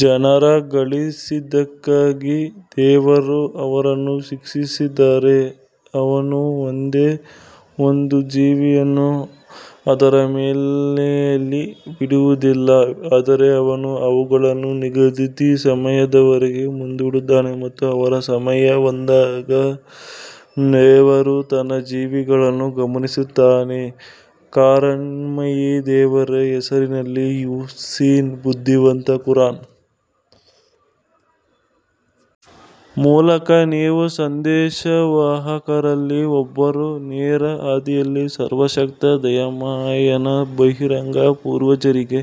ಜನರು ಗಳಿಸಿದ್ದಕ್ಕಾಗಿ ದೇವರು ಅವರನ್ನು ಶಿಕ್ಷಿಸಿದರೆ, ಅವನು ಒಂದೇ ಒಂದು ಜೀವಿಯನ್ನು ಅದರ ಮೇಲ್ಮೈಯಲ್ಲಿ ಬಿಡುವುದಿಲ್ಲ ಆದರೆ ಅವನು ಅವುಗಳನ್ನು ನಿಗದಿತ ಸಮಯದವರೆಗೆ ಮುಂದೂಡುತ್ತಾನೆ ಮತ್ತು ಅವರ ಸಮಯ ಬಂದಾಗ ದೇವರು ತನ್ನ ಜೀವಿಗಳನ್ನು ಗಮನಿಸುತ್ತಾನೆ. ಕರುಣಾಮಯಿ ದೇವರ ಹೆಸರಿನಲ್ಲಿ ಯಾ ಸೀನ್ ಬುದ್ಧಿವಂತ ಕುರಾನ್ ಮೂಲಕ ನೀವು ಸಂದೇಶವಾಹಕರಲ್ಲಿ ಒಬ್ಬರು ನೇರ ಹಾದಿಯಲ್ಲಿ ಸರ್ವಶಕ್ತ ದಯಾಮಯನ ಬಹಿರಂಗ ಪೂರ್ವಜರಿಗೆ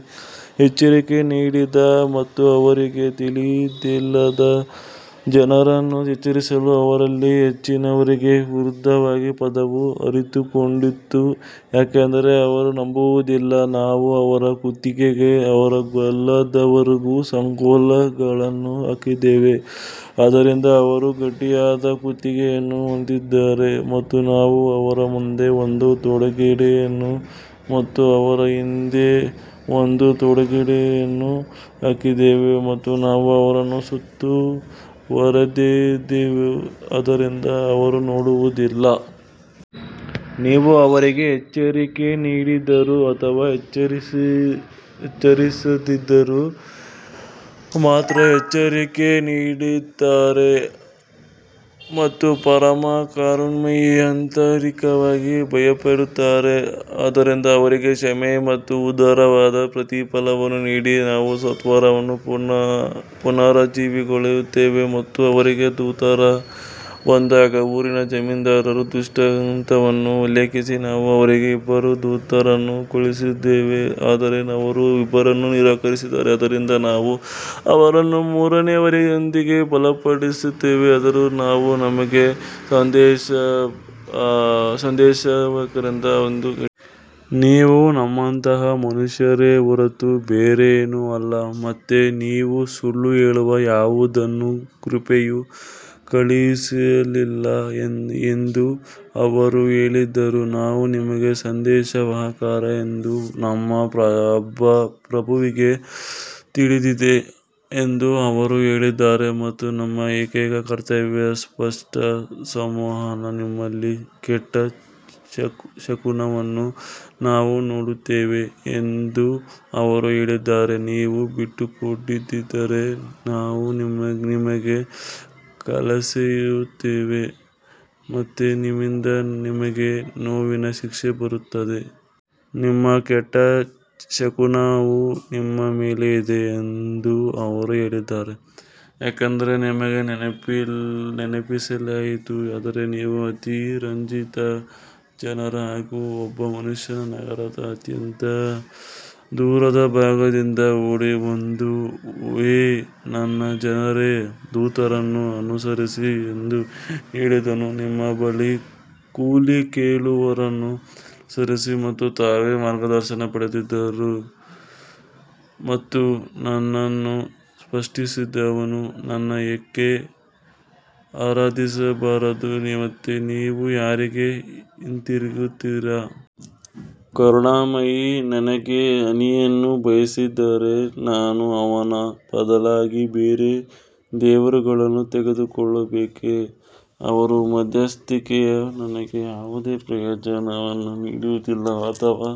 ಎಚ್ಚರಿಕೆ ನೀಡದ ಮತ್ತು ಅವರಿಗೆ ತಿಳಿದಿಲ್ಲದ ಜನರನ್ನು ಎಚ್ಚರಿಸಲು ಅವರಲ್ಲಿ ಹೆಚ್ಚಿನವರಿಗೆ ವಿರುದ್ಧವಾಗಿ ಪದವು ಅರಿತುಕೊಂಡಿತು ಏಕೆಂದರೆ ಅವರು ನಂಬುವುದಿಲ್ಲ ನಾವು ಅವರ ಕುತ್ತಿಗೆಗೆ ಅವರ ಗಲ್ಲದವರೆಗೆ ಸಂಕೋಲೆಗಳನ್ನು ಹಾಕಿದ್ದೇವೆ ಆದ್ದರಿಂದ ಅವರು ಗಟ್ಟಿಯಾದ ಕುತ್ತಿಗೆಯನ್ನು ಹೊಂದಿದ್ದಾರೆ ಮತ್ತು ನಾವು ಅವರ ಮುಂದೆ ಒಂದು ತಡೆಗೋಡೆಯನ್ನು ಮತ್ತು ಅವರ ಹಿಂದೆ ಒಂದು ತಡೆಗೋಡೆಯನ್ನು ಹಾಕಿದ್ದೇವೆ ಮತ್ತು ನಾವು ಅವರನ್ನು ಸುತ್ತುವರೆದಿದ್ದೇವೆ ಆದ್ದರಿಂದ ಅವರು ನೋಡುವುದಿಲ್ಲ. ನೀವು ಅವರಿಗೆ ಎಚ್ಚರಿಕೆ ನೀಡಿದರೂ ಅಥವಾ ಎಚ್ಚರಿಸದಿದ್ದರೂ ಅವರು ನಂಬುವುದಿಲ್ಲ ನೀವು ಸಂದೇಶವನ್ನು ಅನುಸರಿಸುವವರಿಗೆ ಮಾತ್ರ ಎಚ್ಚರಿಕೆ ನೀಡುತ್ತೀರಿ ಮತ್ತು ಪರಮ ಕರುಣಾಮಯಿಯನ್ನು ಆಂತರಿಕವಾಗಿ ಭಯಪಡುತ್ತೀರಿ ಆದ್ದರಿಂದ ಅವರಿಗೆ ಕ್ಷಮೆಯ ಮತ್ತು ಉದಾರವಾದ ಪ್ರತಿಫಲವನ್ನು ನೀಡಿ ನಾವು ಸತ್ತವರನ್ನು ಪುನರುಜ್ಜೀವನಗೊಳಿಸುತ್ತೇವೆ. ಮತ್ತು ಅವರಿಗೆ ದೂತರು ಬಂದಾಗ ಊರಿನ ಜಮೀನ್ದಾರರ ದೃಷ್ಟಾಂತವನ್ನು ಉಲ್ಲೇಖಿಸಿ ನಾವು ಅವರಿಗೆ ಇಬ್ಬರು ದೂತರನ್ನು ಕಳುಹಿಸಿದ್ದೇವೆ ಆದರೆ ಅವರು ಇಬ್ಬರನ್ನೂ ನಿರಾಕರಿಸಿದರು, ಆದ್ದರಿಂದ ನಾವು ಅವರನ್ನು ಮೂರನೆಯವರೊಂದಿಗೆ ಬಲಪಡಿಸಿದ್ದೇವೆ ಅವರು ನಾವು ನಿಮಗೆ ಸಂದೇಶವಾಹಕರು ಎಂದು ಹೇಳಿದರು. ನೀವು ನಮ್ಮಂತಹ ಮನುಷ್ಯರೇ ಹೊರತು ಬೇರೇನೂ ಅಲ್ಲ ಮತ್ತು ನೀವು ಸುಳ್ಳು ಹೇಳುವ ಯಾವುದನ್ನೂ ಕೃಪೆಯು ಕಳುಹಿಸಲಿಲ್ಲ ಎಂದು ಅವರು ಹೇಳಿದರು ನಾವು ನಿಮಗೆ ಸಂದೇಶವಾಹಕರು ಎಂದು ನಮ್ಮ ಪ್ರಭುವಿಗೆ ತಿಳಿದಿದೆ ಎಂದು ಅವರು ಹೇಳಿದರು ಮತ್ತು ನಮ್ಮ ಏಕೈಕ ಕರ್ತವ್ಯ ಸ್ಪಷ್ಟ ಸಂವಹನ ನಿಮ್ಮಲ್ಲಿ ಕೆಟ್ಟ ಶಕುನವನ್ನು ನಾವು ನೋಡುತ್ತೇವೆ ಎಂದು ಅವರು ಹೇಳಿದರು, ನೀವು ಬಿಟ್ಟುಕೊಡದಿದ್ದರೆ ನಾವು ನಿಮಗೆ ಕಲ್ಲೆಸೆಯುತ್ತೇವೆ ಮತ್ತು ನಮ್ಮಿಂದ ನಿಮಗೆ ನೋವಿನ ಶಿಕ್ಷೆ ಬರುತ್ತದೆ. ನಿಮ್ಮ ಕೆಟ್ಟ ಶಕುನವು ನಿಮ್ಮ ಮೇಲೆ ಇದೆ ಎಂದು ಅವರು ಹೇಳಿದರು, ಏಕೆಂದರೆ ನಿಮಗೆ ನೆನಪಿಸಲಾಯಿತು ಆದರೆ ನೀವು ಅತಿರಂಜಿತ ಜನರು ಆಗ ಒಬ್ಬ ಮನುಷ್ಯನು ನಗರದ ಅತ್ಯಂತ ದೂರದ ಭಾಗದಿಂದ ಓಡಿ ಬಂದು ಓ ನನ್ನ ಜನರೇ ದೂತರನ್ನು ಅನುಸರಿಸಿ ಎಂದು ಹೇಳಿದನು ನಿಮ್ಮ ಬಳಿ ಕೂಲಿ ಕೇಳುವವರನ್ನು ಅನುಸರಿಸಿ ಮತ್ತು ತಾವೇ ಮಾರ್ಗದರ್ಶನ ಪಡೆದವರು ಮತ್ತು ನನ್ನನ್ನು ಸೃಷ್ಟಿಸಿದವನನ್ನು ನಾನು ಏಕೆ ಆರಾಧಿಸಬಾರದು ಮತ್ತು ನೀವು ಯಾರಿಗೆ ಹಿಂತಿರುಗುತ್ತೀರಿ? ಕರುಣಾಮಯಿ ನನಗೆ ಹಾನಿಯನ್ನು ಬಯಸಿದರೆ ನಾನು ಅವನ ಬದಲಿಗೆ ಬೇರೆ ದೇವರುಗಳನ್ನು ತೆಗೆದುಕೊಳ್ಳಬೇಕೇ, ಅವರ ಮಧ್ಯಸ್ಥಿಕೆಯು ನನಗೆ ಯಾವುದೇ ಪ್ರಯೋಜನವನ್ನು ನೀಡುವುದಿಲ್ಲ ಅಥವಾ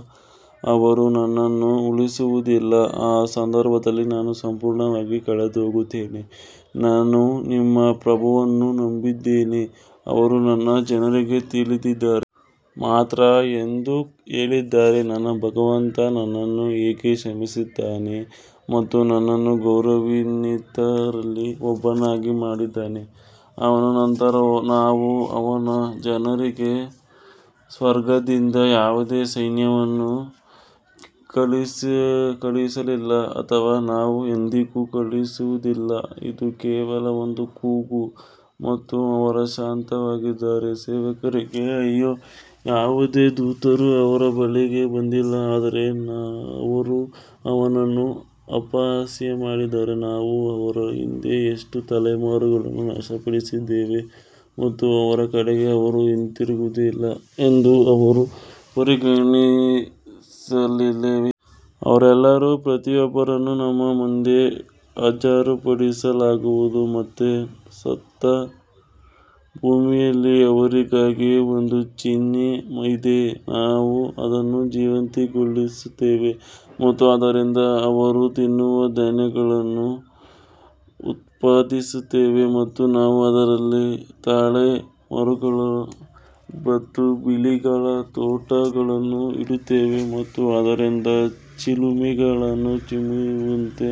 ಅವರು ನನ್ನನ್ನು ಉಳಿಸುವುದಿಲ್ಲ ಆ ಸಂದರ್ಭದಲ್ಲಿ ನಾನು ಸಂಪೂರ್ಣವಾಗಿ ಕಳೆದುಹೋಗುತ್ತೇನೆ ನಾನು ನಿಮ್ಮ ಪ್ರಭುವನ್ನು ನಂಬಿದ್ದೇನೆ. ಅವರು ನನ್ನ ಜನರಿಗೆ ತಿಳಿದಿದ್ದರೆ ಮಾತ್ರ ಎಂದು ಹೇಳಿದರು ನನ್ನ ಭಗವಂತ ನನ್ನನ್ನು ಹೇಗೆ ಕ್ಷಮಿಸಿದ್ದಾನೆ ಮತ್ತು ನನ್ನನ್ನು ಗೌರವಾನ್ವಿತರಲ್ಲಿ ಒಬ್ಬನನ್ನಾಗಿ ಮಾಡಿದ್ದಾನೆ ಅವನ ನಂತರ ನಾವು ಅವನ ಜನರಿಗೆ ಸ್ವರ್ಗದಿಂದ ಯಾವುದೇ ಸೈನ್ಯವನ್ನು ಕಳುಹಿಸಲಿಲ್ಲ ಅಥವಾ ನಾವು ಎಂದಿಗೂ ಕಳುಹಿಸುವುದಿಲ್ಲ ಇದು ಕೇವಲ ಒಂದು ಕೂಗು ಮತ್ತು ಅವರು ಶಾಂತವಾಗಿದ್ದರು ಸೇವಕರಿಗೆ ಅಯ್ಯೋ, ಯಾವುದೇ ದೂತರು ಅವರ ಬಳಿಗೆ ಬಂದಿಲ್ಲ ಆದರೆ ಅವರು ಅವನನ್ನು ಅಪಹಾಸ್ಯ ಮಾಡಿದರು ನಾವು ಅವರ ಹಿಂದೆ ಎಷ್ಟು ತಲೆಮಾರುಗಳನ್ನು ನಾಶಪಡಿಸಿದ್ದೇವೆ ಮತ್ತು ಅವರ ಕಡೆಗೆ ಅವರು ಹಿಂತಿರುಗುವುದಿಲ್ಲ ಎಂದು ಅವರು ಪರಿಗಣಿಸಲಿಲ್ಲವೇ? ಅವರೆಲ್ಲರೂ ಪ್ರತಿಯೊಬ್ಬರನ್ನು ನಮ್ಮ ಮುಂದೆ ಹಾಜರುಪಡಿಸಲಾಗುವುದು ಮತ್ತು ಸತ್ತ ಭೂಮಿಯಲ್ಲಿ ಅವರಿಗಾಗಿ ಒಂದು ಚಿಹ್ನೆ ಇದೆ, ನಾವು ಅದನ್ನು ಜೀವಂತಗೊಳಿಸುತ್ತೇವೆ ಮತ್ತು ಅದರಿಂದ ಅವರು ತಿನ್ನುವ ಧಾನ್ಯಗಳನ್ನು ಉತ್ಪಾದಿಸುತ್ತೇವೆ ಮತ್ತು ನಾವು ಅದರಲ್ಲಿ ತಾಳೆ ಮರಗಳು ಮತ್ತು ಬಳ್ಳಿಗಳ ತೋಟಗಳನ್ನು ಇಡುತ್ತೇವೆ ಮತ್ತು ಅದರಿಂದ ಚಿಲುಮೆಗಳನ್ನು ಚಿಮ್ಮುವಂತೆ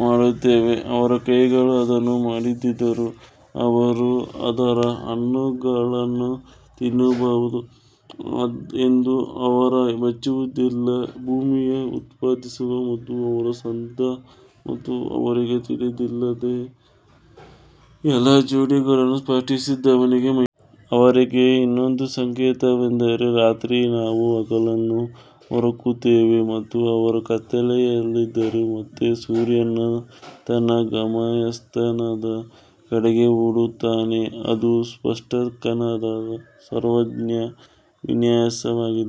ಮಾಡುತ್ತೇವೆ ಅವರ ಕೈಗಳು ಅದನ್ನು ಮಾಡದಿದ್ದರೂ ಅವರು ಅದರ ಹಣ್ಣುಗಳನ್ನು ತಿನ್ನಬಹುದು ಎಂದು ಅವರು ಮೆಚ್ಚುವುದಿಲ್ಲ ಭೂಮಿಯು ಉತ್ಪಾದಿಸುವ ಮತ್ತು ಅವರ ಸ್ವಂತ ಮತ್ತು ಅವರಿಗೆ ತಿಳಿದಿಲ್ಲದ ಎಲ್ಲಾ ಜೋಡಿಗಳನ್ನು ಸೃಷ್ಟಿಸಿದವನಿಗೆ ಮಹಿಮೆ. ಅವರಿಗೆ ಇನ್ನೊಂದು ಸಂಕೇತವೆಂದರೆ ರಾತ್ರಿ ನಾವು ಹಗಲನ್ನು ಹೊರಹಾಕುತ್ತೇವೆ ಮತ್ತು ಅವರು ಕತ್ತಲೆಯಲ್ಲಿದ್ದಾರೆ ಮತ್ತು ಸೂರ್ಯನು ತನ್ನ ಗಮ್ಯಸ್ಥಾನದ ಕಡೆಗೆ ಓಡುತ್ತಾನೆ, ಅದು ಸರ್ವಶಕ್ತನಾದ ಸರ್ವಜ್ಞನ ವಿನ್ಯಾಸವಾಗಿದೆ.